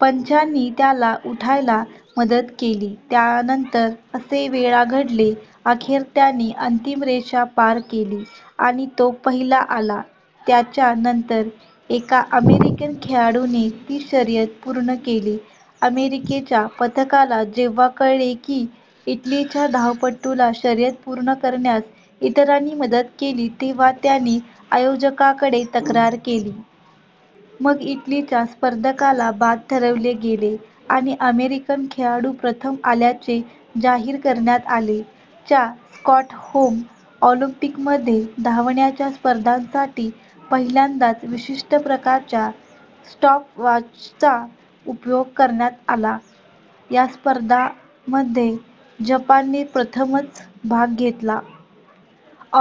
पंचांनी त्याला उठायला मदत केली. त्यानंतर असे वेळा घडले. अखेर त्याने अंतिम रेषा पार केली, आणि तो पहिला आला. त्याच्या नंतर एका अमेरिकन खेळाडूने ती शर्यत पूर्ण केली. अमेरिकेच्या पथकाला जेव्हा कळले की, इटलीच्या धावपटूला शर्यत पूर्ण करण्यास इतरांनी मदत केली, तेव्हा त्यांनी आयोजकांकडे तक्रार केली. मग इटलीच्या स्पर्धकाला बाद ठरवले गेले आणि अमेरिकन खेळाडू प्रथम आल्याचे जाहीर करण्यात आले. च्या स्टॉकहोम ऑलिम्पिकमध्ये धावण्याच्या स्पर्धांसाठी पहिल्यांदाच विशिष्ट प्रकारच्या स्टॉप वॉचचा उपयोग करण्यात आला. या स्पर्धांमध्ये जपानने प्रथमच भाग घेतला.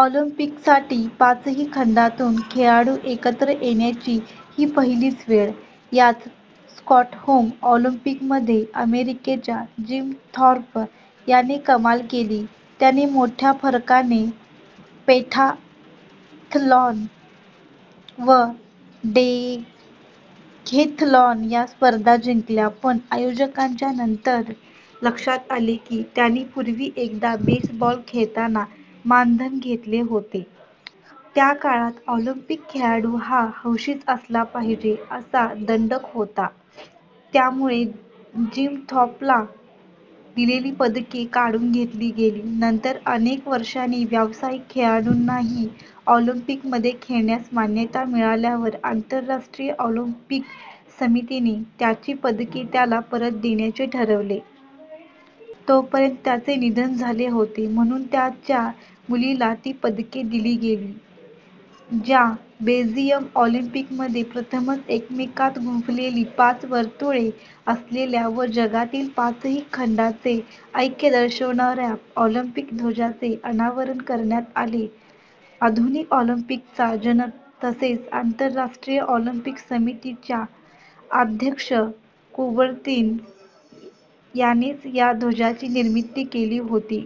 ऑलिम्पिकसाठी पाचही खंडांतून खेळाडू एकत्र येण्याची ही पहिलीच वेळ! याच स्टॉकहोम ऑलिम्पिकमध्ये अमेरिकेच्या जिम थॉर्प याने कमाल केली. त्याने मोठ्या फरकाने पेंटाथलॉन व डिकेथलॉन या स्पर्धा जिंकल्या. पण आयोजकांच्या नंतर लक्षात आले की, त्याने पूर्वी एकदा बेसबॉल खेळताना मानधन घेतले होते. त्या काळात ऑलिम्पिक खेळाडू हा हौशीच असला पाहिजे, असा दंडक होता. त्यामुळे जिम थॉर्पला दिलेली पदके काढून घेतली गेली. नंतर अनेक वर्षांनी व्यावसायिक खेळाडूंनाही ऑलिम्पिकमध्ये खेळण्यास मान्यता मिळाल्यावर आंतरराष्ट्रीय ऑलिम्पिक समितीने त्याची पदके त्याला परत देण्याचे ठरवले. तोपर्यंत त्याचे निधन झाले होते, म्हणून त्याच्या मुलीला ती पदके दिली गेली. च्या बेल्जियम ऑलिम्पिकमध्ये प्रथमच एकमेकांत गुंफलेली पाच वर्तुळे असलेल्या व जगातील पाचही खंडांचे ऐक्य दर्शवणाऱ्या ऑलिम्पिक ध्वजाचे अनावरण करण्यात आले. आधुनिक ऑलिम्पिकचा जनक, तसेच आंतरराष्ट्रीय ऑलिम्पिक समितीचा अध्यक्ष कुबर्तीन यानेच या ध्वजाची निर्मिती केली होती.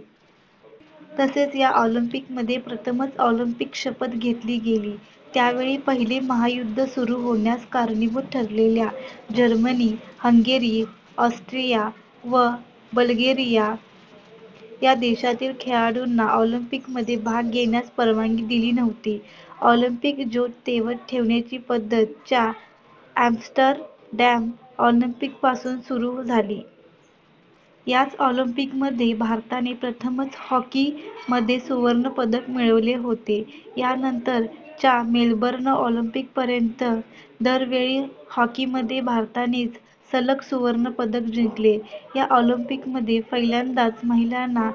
तसेच या ऑलिम्पिकमध्ये प्रथमच ऑलिम्पिक-शपथ घेतली गेली. त्यावेळी पहिले महायुद्ध सुरू होण्यास कारणीभूत ठरलेल्या जर्मनी, हंगेरी, ऑस्ट्रिया व बल्गेरिया या देशांतील खेळाडूंना ऑलिम्पिकमध्ये भाग घेण्यास परवानगी दिली नव्हती. ऑलिम्पिक ज्योत तेवत ठेवण्याची पद्धत च्या ॲम्स्टरडॅम ऑलिम्पिकपासून सुरू झाली. याच ऑलिम्पिकमध्ये भारताने प्रथमच हॉकीमध्ये सुवर्णपदक मिळवले होते. या नंतर च्या मेलबर्न ऑलिम्पिकपर्यंत दर वेळी हॉकीमध्ये भारतानेच सलग सुवर्णपदक जिंकले. या ऑलिम्पिकमध्ये पहिल्यांदाच महिलांना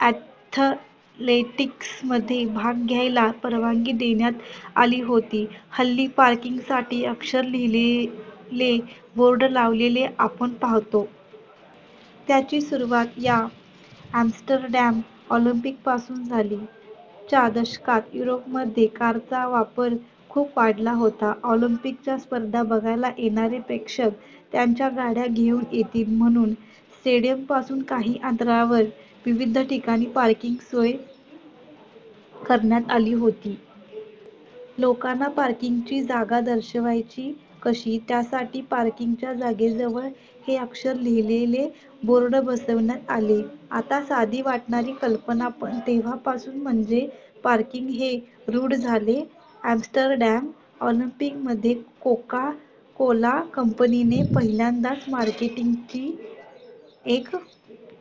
ॲथलेटिक्समध्ये भाग घ्यायला परवानगी देण्यात आली होती. हल्ली पार्किंगसाठी '' अक्षर लिहिलेले बोर्ड लावलेले आपण पाहतो. त्याची सुरुवात या ॲम्स्टरडॅम ऑलिम्पिकपासून झाली. च्या दशकात युरोपमध्ये कारचा वापर खूप वाढला होता. ऑलिम्पिकच्या स्पर्धा बघायला येणारे प्रेक्षक त्यांच्या गाड्या घेऊन येतील, म्हणून स्टेडियमपासून काही अंतरावर विविध ठिकाणी पार्किंगची सोय करण्यात आली होती. लोकांना पार्किंगची जागा दर्शवायची कशी? त्यासाठी पार्किंगच्या जागेजवळ '' हे अक्षर लिहिलेले बोर्ड बसवण्यात आले. आता साधी वाटणारी कल्पना, पण तेव्हापासून '' म्हणजे पार्किंग, हे रूढ झाले. ॲम्स्टरडॅम ऑलिम्पिकमध्ये कोकाकोला कंपनीने पहिल्यांदाच मार्केटिंगचा एक